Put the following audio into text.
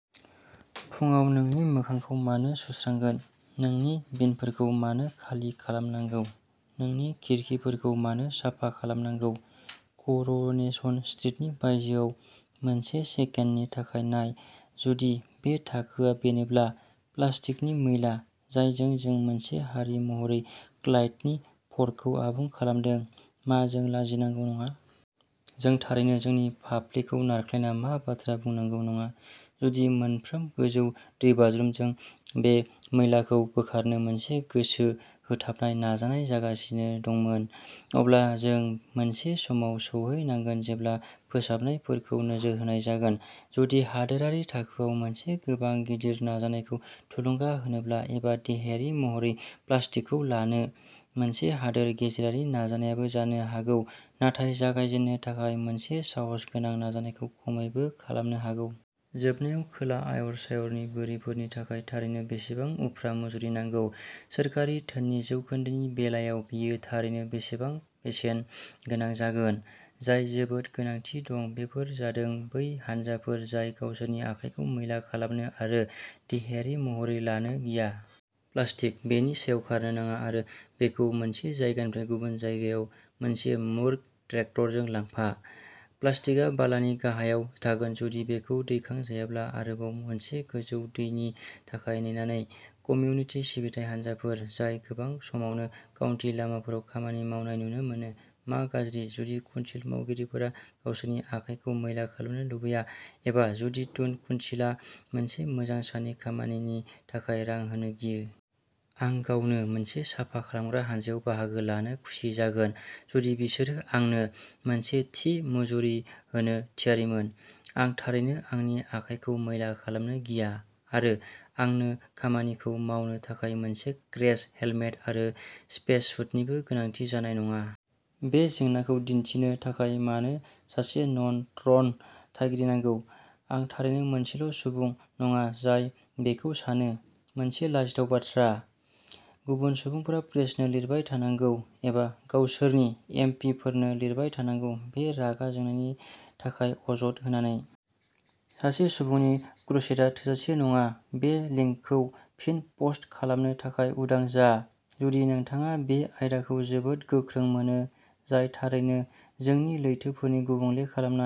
" फुंआव नोंनि मोखांखौ मानो सुस्रांगोन? नोंनि बिनफोरखौ मानो खालि खालामनांगौ? नोंनि खिरखिफोरखौ मानो साफा खालामनांगौ? कर'नेसन स्ट्रिटनि बायजोआव मोनसे सेकेन्डनि थाखाय नाय। जुदि बे थाखोआ बेनोब्ला। प्लास्टिकनि मैला जायजों जों मोनसे हारि महरै क्लाइडनि फर्थखौ आबुं खालामदों, मा जों लाजिनांगौ नङा? जों थारैनो जोंनि फाफ्लिखौ नारख्लायना "मा बाथ्रा" बुंनांगौ नङा। जुदि मोनफ्रोम गोजौ दैबाज्रुमजों बे मैलाखौ बोखारनो मोनसे गोसो होथाबनाय नाजानाय जागासिनो दंमोन, अब्ला जों मोनसे समाव सौहैनांगोन जेब्ला फोसाबनायफोरखौ नोजोर होनाय जागोन! जुदि हादोरारि थाखोआव मोनसे गोबां गिदिर नाजानायखौ थुलुंगा होनोब्ला, एबा देहायारि महरै "प्लास्टिकखौ लानो" मोनसे हादोर गेजेरारि नाजानायाबो जानो हागौ, नाथाय जागायजेननो थाखाय मोनसे साहसगोनां नाजानायखौ खमैबो खालामनो हागौ। जोबनायाव, खोला आयरशायरनि बोरिफोरनि थाखाय थारैनो बेसेबां उफ्रा मुजुरि नांगौ?? सोरखारि धोननि जौखोन्दोनि बेलायाव बेयो थारैनो बेसेबां बेसेन गोनां जागोन? जाय जोबोद गोनांथि दं बेफोर जादों बै हानजाफोर जाय गावसोरनि आखाइखौ मैला खालामनो आरो देहायारि महरै लानो गिया। प्लास्टिक। बेनि सायाव खारनो नाङा आरो बेखौ मोनसे जायगानिफ्राय गुबुन जायगायाव मोनसे मूर्ख ट्रेक्टरजों लांफा!! प्लास्टिकआ बालानि गाहायाव थागोन जुदि बेखौ दैखांजायाब्ला, आरोबाव मोनसे गोजौ दैनि थाखाय नेनानै। कमिउनिटि सिबिथाइ हानजाफोर जाय गोबां समावनो काउन्टी लामाफोराव खामानि मावनाय नुनो मोनो, मा गाज्रि, जुदि कुनसिल मावगिरिफोरा गावसोरनि आखाइखौ मैला खालामनो लुबैया, एबा जुदि टुन कुनसिलआ मोनसे मोजां साननि खामानिनि थाखाय रां होनो गियो? आं गावनो मोनसे साफा खालामग्रा हानजायाव बाहागो लानो खुसि जागोन जुदि बिसोरो आंनो मोनसे थि मुजुरि होनो थियारिमोन। आं थारैनो आंनि आखाइखौ मैला खालामनो गिया, आरो आंनो खामानिखौ मावनो थाखाय मोनसे क्रेश हेलमेट आरो स्पेस सुटनिबो गोनांथि जानाय नङा। बे जेंनाखौ दिन्थिनो थाखाय मानो सासे नन ट्र'न थागिरि नांगौ? आं थारैनो मोनसेल'सुबुं नङा जाय बेखौ सानो। मोनसे लाजिथाव बाथ्रा?? गुबुन सुबुंफोरा प्रेसनो लिरबाय थानांगौ एबा गावसोरनि एम. पि. फोरनो लिरबाय थानांगौ, बे रागा जोंनायनि थाखाय अजद होनानै। सासे सुबुंनि क्रुसेडआ थोजासे नङा। बे लिंकखौ फिन पस्ट खालामनो थाखाय उदां जा, जुदि नोंथाङा बे आयदाखौ जोबोद गोख्रों मोनो, जाय थारैनो जोंनि लैथोफोरनि गुबुंले खालामनाय।